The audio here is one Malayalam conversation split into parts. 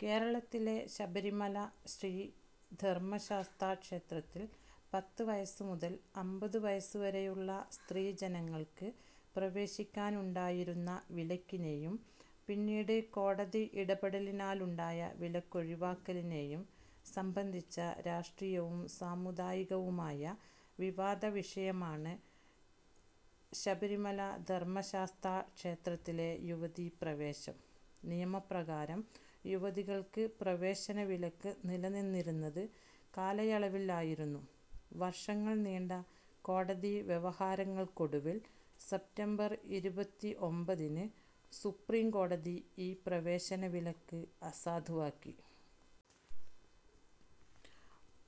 കേരളത്തിലെ ശബരിമല ശ്രീ ധർമ്മശാസ്താക്ഷേത്രത്തിൽ പത്ത് വയസ് മുതൽ അമ്പത് വയസ് വരെയുള്ള സ്ത്രീജനങ്ങൾക്ക് പ്രവേശിക്കാനുണ്ടായിരുന്ന വിലക്കിനേയും പിന്നീട് കോടതി ഇടപെടലിനാലുണ്ടായ വിലക്കൊഴിവാക്കലിനേയും സംബന്ധിച്ച രാഷ്ട്രീയവും സാമുദായികവുമായ വിവാദ വിഷയമാണ് ശബരിമല ധർമ്മശാസ്താ ക്ഷേത്രത്തിലെ യുവതീപ്രവേശം. നിയമപ്രകാരം യുവതികൾക്ക് പ്രവേശനവിലക്ക് നിലനിന്നിരുന്നത് കാലയളവിൽ ആയിരുന്നു. വർഷങ്ങൾ നീണ്ട കോടതി വ്യവഹാരങ്ങൾക്കൊടുവിൽ സെപ്റ്റംബർ ഇരുപത്തിഒമ്പതിന് സുപ്രീം കോടതി ഈ പ്രവേശനവിലക്ക് അസാധുവാക്കി.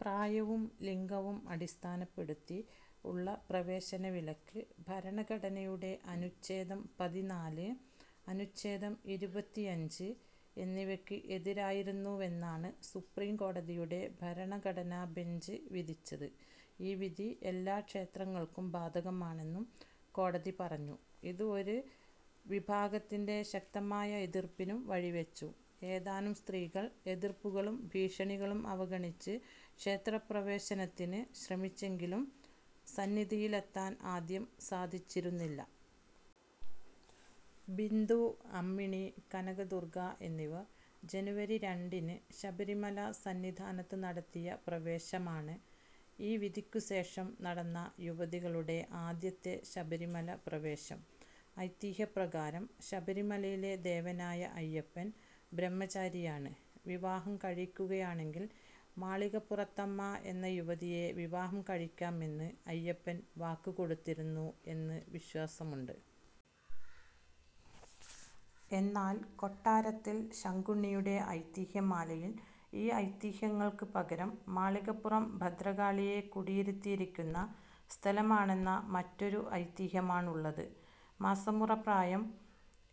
പ്രായവും ലിംഗവും അടിസ്ഥാനപ്പെടുത്തി ഉള്ള പ്രവേശനവിലക്ക് ഭരണഘടനയുടെ അനുച്ഛേദം പതിനാല്, അനുച്ഛേദം ഇരുപത്തിയഞ്ച് എന്നിവക്ക് എതിരായിരുന്നുവെന്നാണ് സുപ്രീം കോടതിയുടെ ഭരണഘടനാബെഞ്ച് വിധിച്ചത്. ഈ വിധി എല്ലാ ക്ഷേത്രങ്ങൾക്കും ബാധകമാണെന്നും കോടതി പറഞ്ഞു. ഇത് ഒരു വിഭാഗത്തിന്റെ ശക്തമായ എതിർപ്പിനും വഴിവെച്ചു. ഏതാനും സ്ത്രീകൾ എതിർപ്പുകളും ഭീഷണികളും അവഗണിച്ച് ക്ഷേത്രപ്രവേശനത്തിന് ശ്രമിച്ചെങ്കിലും സന്നിധിയിലെത്താൻ ആദ്യം സാധിച്ചിരുന്നില്ല. ബിന്ദു അമ്മിണി, കനകദുർഗ എന്നിവർ ജനുവരി രണ്ടിന് ശബരിമല സന്നിധാനത്ത് നടത്തിയ പ്രവേശമാണ്, ഈ വിധിക്കുശേഷം നടന്ന യുവതികളുടെ ആദ്യത്തെ ശബരിമലപ്രവേശം. ഐതിഹ്യപ്രകാരം ശബരിമലയിലെ ദേവനായ അയ്യപ്പൻ, ബ്രഹ്മചാരിയാണ്. വിവാഹം കഴിക്കുകയാണെങ്കിൽ മാളികപ്പുറത്തമ്മ എന്ന യുവതിയെ വിവാഹം കഴിക്കാമെന്ന് അയ്യപ്പൻ വാക്ക് കൊടുത്തിരുന്നു എന്ന് വിശ്വാസമുണ്ട്. എന്നാൽ കൊട്ടാരത്തിൽ ശങ്കുണ്ണിയുടെ ഐതിഹ്യമാലയിൽ ഈ ഐതിഹ്യങ്ങൾക്ക് പകരം, മാളികപ്പുറം ഭദ്രകാളിയെ കുടിയിരുത്തിയിരിക്കുന്ന സ്ഥലമാണെന്ന മറ്റൊരു ഐതിഹ്യമാണുള്ളത്. മാസമുറ പ്രായം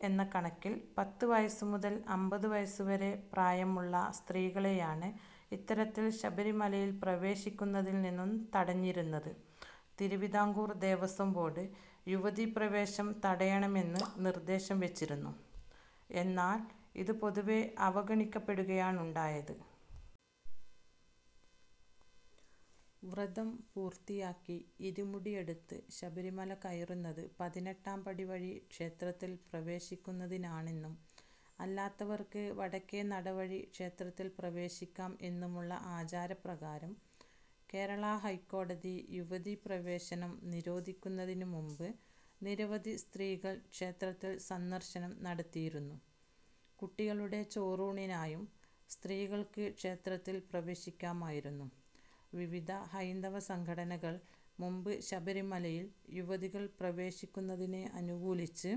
എന്ന കണക്കിൽ പത്ത് വയസ് മുതൽ അമ്പത് വയസ് വരെ പ്രായമുള്ള സ്ത്രീകളെയാണ് ഇത്തരത്തിൽ ശബരിമലയിൽ പ്രവേശിക്കുന്നതിൽ നിന്നും തടഞ്ഞിരുന്നത്. തിരുവിതാംകൂർ ദേവസ്വം ബോർഡ് യുവതീ പ്രവേശം തടയണമെന്ന് നിർദ്ദേശം വെച്ചിരുന്നു, എന്നാൽ ഇത് പൊതുവേ അവഗണിക്കപ്പെടുകയാണുണ്ടായത്. വ്രതം പൂർത്തിയാക്കി ഇരുമുടി എടുത്ത് ശബരിമല കയറുന്നത് പതിനെട്ടാംപടി വഴി ക്ഷേത്രത്തിൽ പ്രവേശിക്കുന്നതിനാണെന്നും അല്ലാത്തവർക്ക് വടക്കേ നടവഴി ക്ഷേത്രത്തിൽ പ്രവേശിക്കാം എന്നുമുള്ള ആചാരപ്രകാരം, കേരള ഹൈക്കോടതി യുവതീപ്രവേശനം നിരോധിക്കുന്നതിന് മുമ്പ്, നിരവധി സ്ത്രീകൾ ക്ഷേത്രത്തിൽ സന്ദർശനം നടത്തിയിരുന്നു. കുട്ടികളുടെ ചോറൂണിനായും സ്ത്രീകൾക്ക് ക്ഷേത്രത്തിൽ പ്രവേശിക്കാമായിരുന്നു. വിവിധ ഹൈന്ദവസംഘടനകൾ മുമ്പ് ശബരിമലയിൽ യുവതികൾ പ്രവേശിക്കുന്നതിനെ അനുകൂലിച്ച്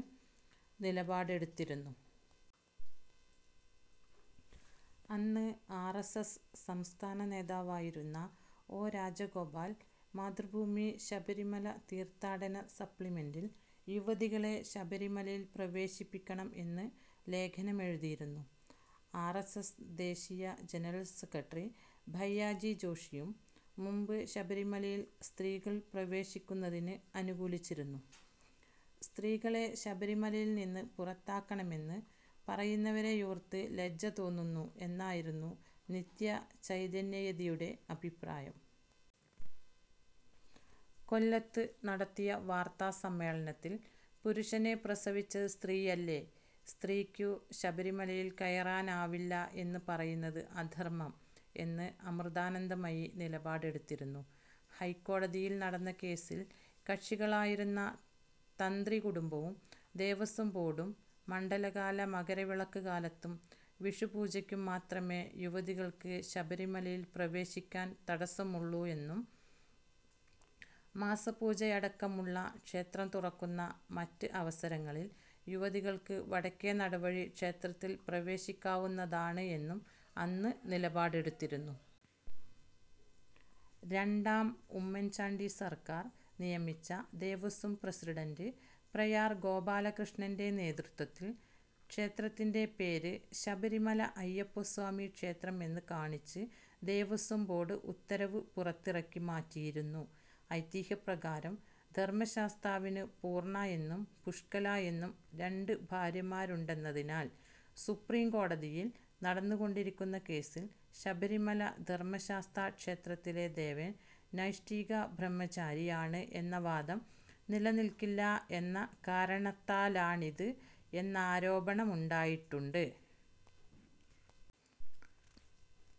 നിലപാടെടുത്തിരുന്നു. അന്ന് ആർ. എസ്. എസ്. സംസ്ഥാന നേതാവായിരുന്ന ഒ. രാജഗോപാൽ മാതൃഭൂമി ശബരിമല തീർത്ഥാടന സപ്ലിമെന്റിൽ യുവതികളെ ശബരിമലയിൽ പ്രവേശിപ്പിക്കണം എന്ന് ലേഖനമെഴുതിയിരുന്നു. ആർ. എസ്. എസ്. ദേശീയ ജനറൽ സെക്രട്ടറി ഭയ്യാജി ജോഷിയും മുമ്പ് ശബരിമലയിൽ സ്ത്രീകൾ പ്രവേശിക്കുന്നതിന് അനുകൂലിച്ചിരുന്നു. 'സ്ത്രീകളെ ശബരിമലയിൽ നിന്ന് പുറത്താക്കണമെന്ന് പറയുന്നവരെയോർത്ത് ലജ്ജ തോന്നുന്നു' എന്നായിരുന്നു നിത്യചൈതന്യയെതിയുടെ അഭിപ്രായം. കൊല്ലത്ത് നടത്തിയ വാർത്താസമ്മേളനത്തിൽ 'പുരുഷനെ പ്രസവിച്ചത് സ്ത്രീയല്ലേ, സ്ത്രീക്കു ശബരിമലയിൽ കയറാനാവില്ല എന്നു പറയുന്നത് അധർമ്മം' എന്ന് അമൃതാനന്ദമയി നിലപാടെടുത്തിരുന്നു. ഹൈക്കോടതിയിൽ നടന്ന കേസിൽ കക്ഷികളായിരുന്ന തന്ത്രികുടുംബവും ദേവസ്വം ബോർഡും മണ്ഡലകാല മകരവിളക്ക് കാലത്തും വിഷുപൂജയ്ക്കും മാത്രമേ യുവതികൾക്ക് ശബരിമലയിൽ പ്രവേശിക്കാൻ തടസ്സമുള്ളു എന്നും മാസപൂജയടക്കമുള്ള, ക്ഷേത്രം തുറക്കുന്ന, മറ്റ് അവസരങ്ങളിൽ യുവതികൾക്ക് വടക്കേനട വഴി ക്ഷേത്രത്തിൽ പ്രവേശിക്കാവുന്നതാണ് എന്നും അന്ന് നിലപാടെടുത്തിരുന്നു. രണ്ടാം ഉമ്മൻ ചാണ്ടി സർക്കാർ നിയമിച്ച ദേവസ്വം പ്രസിഡന്റ് പ്രയാർ ഗോപാലകൃഷ്ണന്റെ നേതൃത്വത്തിൽ ക്ഷേത്രത്തിന്റെ പേര് ശബരിമല അയ്യപ്പസ്വാമി ക്ഷേത്രം എന്ന് കാണിച്ച് ദേവസ്വം ബോർഡ് ഉത്തരവ് പുറത്തിറക്കി മാറ്റിയിരുന്നു. ഐതിഹ്യപ്രകാരം ധർമ്മശാസ്താവിന് പൂർണ്ണ എന്നും പുഷ്കല എന്നും രണ്ട് ഭാര്യമാരുണ്ടെന്നതിനാൽ, സുപ്രീം കോടതിയിൽ നടന്നുകൊണ്ടിരിക്കുന്ന കേസിൽ, ശബരിമല ധർമ്മശാസ്താക്ഷേത്രത്തിലെ ദേവൻ നൈഷ്ഠിക ബ്രഹ്മചാരി ആണ് എന്ന വാദം നിലനിൽക്കില്ല എന്ന കാരണത്താലാണിത് എന്നാരോപണമുണ്ടായിട്ടുണ്ട്.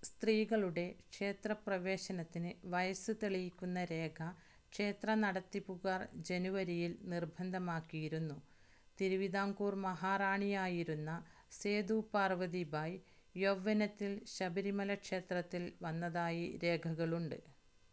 സ്ത്രീകളുടെ ക്ഷേത്രപ്രവേശനത്തിന് വയസ്സ് തെളിയിക്കുന്ന രേഖ ക്ഷേത്രനടത്തിപ്പുകാർ ജനുവരിയിൽ നിർബന്ധമാക്കിയിരുന്നു. തിരുവിതാംകൂർ മഹാറാണിയായിരുന്ന സേതു പാർവ്വതി ബായ്, യൗവനത്തിൽ ശബരിമല ക്ഷേത്രത്തിൽ വന്നതായി രേഖകളുണ്ട്.